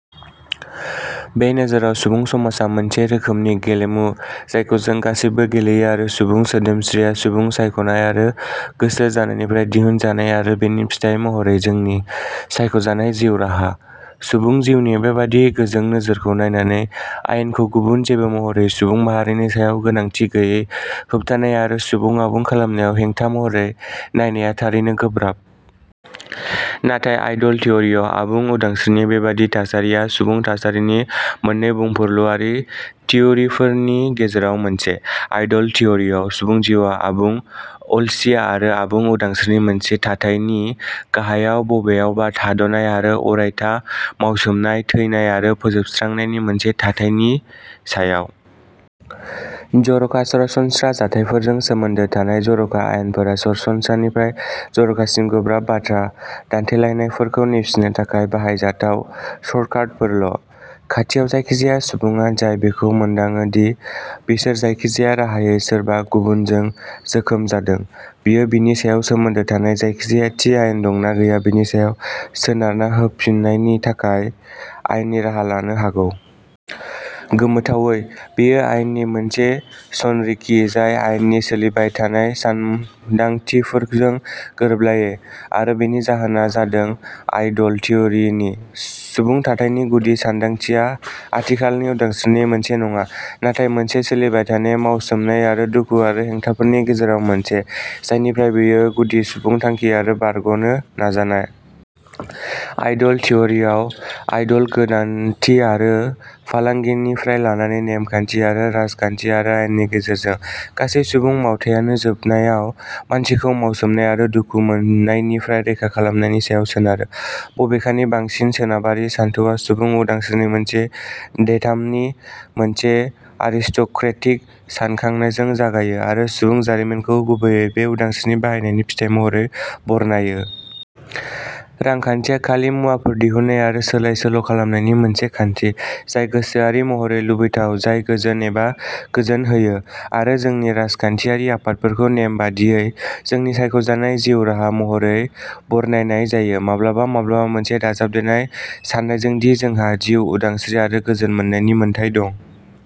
बे नोजोराव सुबुं समाजआ मोनसे रोखोमनि गेलेमु जायखौ जों गासैबो गेलेयो आरो सुबुं सोदोमस्रिआ सुबुं सायख'नाय आरो गोसो जानायनिफ्राय दिहुनजानाय आरो बेनि फिथाइ महरै'जोंनि सायख'जानाय जिउ राहा'। सुबुं जिउनि बेबादि गोजों नोजोरखौ नायनानै आयेनखौ गुबुन जेबो महरै सुबुं माहारिनि सायाव गोनांथि गैयै होबथानाय आरो सुबुं आबुं खालामनायाव हेंथा महरै नायनाया थारैनो गोब्राब। नाथाय आइडल थिउरियाव आबुं उदांस्रिनि बेबादि थासारिया सुबुं थासारिनि मोननै बुंफुरलुआरि थिउरिफोरनि गेजेराव मोनसे। आइडल थिउरियाव, सुबुं जिउआ आबुं अलसिया आरो आबुं उदांस्रिनि मोनसे थाथायनि गाहायाव बबेयावबा थाद'नाय आरो अरायथा मावसोमनाय, थैनाय आरो फोजोबस्रांनायनि मोनसे थाथायनि सायाव। जर'खा सरासनस्रा जाथायफोरजों सोमोन्दो थानाय जर'खा आयेनफोरा सरासनस्रा निफ्राय जर'खासिम गोब्राब बाथ्रा दान्थेलायनायफोरखौ नेवसिनो थाखाय बाहायजाथाव शर्टकाटफोरल'। खान्थियाव, जायखिजाया सुबुङा जाय बेखौ मोनदाङो दि बिसोर जायखिजाया राहायै सोरबा गुबुनजों जोखोम जादों, बियो बेनि सायाव सोमोन्दो थानाय जायखिजाया थि आयेन दं ना गैया बेनि सायाव सोनारना होफिन्नायनि थाखाय आयेननि राहा लानो हागौ। गोमोथावै, बेयो आयेननि मोनसे सानरिखि जाय आयेननि सोलिबाय थानाय सानदांथिफोरजों गोरोबलायै। आरो बेनि जाहोना जादों आइडल थिउरिनि सुबुं थाथायनि गुदि सानदांथिया आथिखालनि उदांस्रिनि मोनसे नङा, नाथाय मोनसे सोलिबाय थानाय मावसोमनाय आरो दुखु आरो हेंथाफोरनि गेजेराव मोनसे, जायनिफ्राय बेयो गुदि सुबुं थांखि आरो बारग'नो नाजानाय। आइडल थिउरियाव, आइडल गोदानथि आरो फालांगिनिफ्राय लानानै, नेम खान्थि आरो राजखान्थि आरो आयेननि गेजेरजों, गासै सुबुं मावथायानो जोबनायाव मानसिखौ मावसोमनाय आरो दुखु मोन्नायनिफ्राय रैखा खालामनायनि सायाव सोनारो। बबेखानि, बांसिन सोनाबारि सानथौआ सुबुं उदांस्रिनि मोनसे डेटामनि मोनसे आरिस्ट'क्रेटिक सानखांनायजों जागायो, आरो सुबुं जारिमिनखौ गुबैयै बे उदांस्रिनि बाहायनायनि फिथाइ महरै बरनायो। रांखान्थिया खालि मुवाफोर दिहुन्नाय आरो सोलाय-सोल'खालामनायनि मोनसे खान्थि, जाय गोसोआरि महरै लुबैथाव, जाय गोजोन एबा गोजोन होयो। आरो जोंनि राजखान्थियारि आफादखौ नेमबादियै "जोंनि सायख'जानाय जिउ राहा" महरै बरनायनाय जायो, माब्लाबा माब्लाबा मोनसे दाजाबदेरनाय सान्नायजों दि जोंहा "जिउ, उदांस्रि आरो गोजोन मोन्नायनि मोन्थाइ दं"।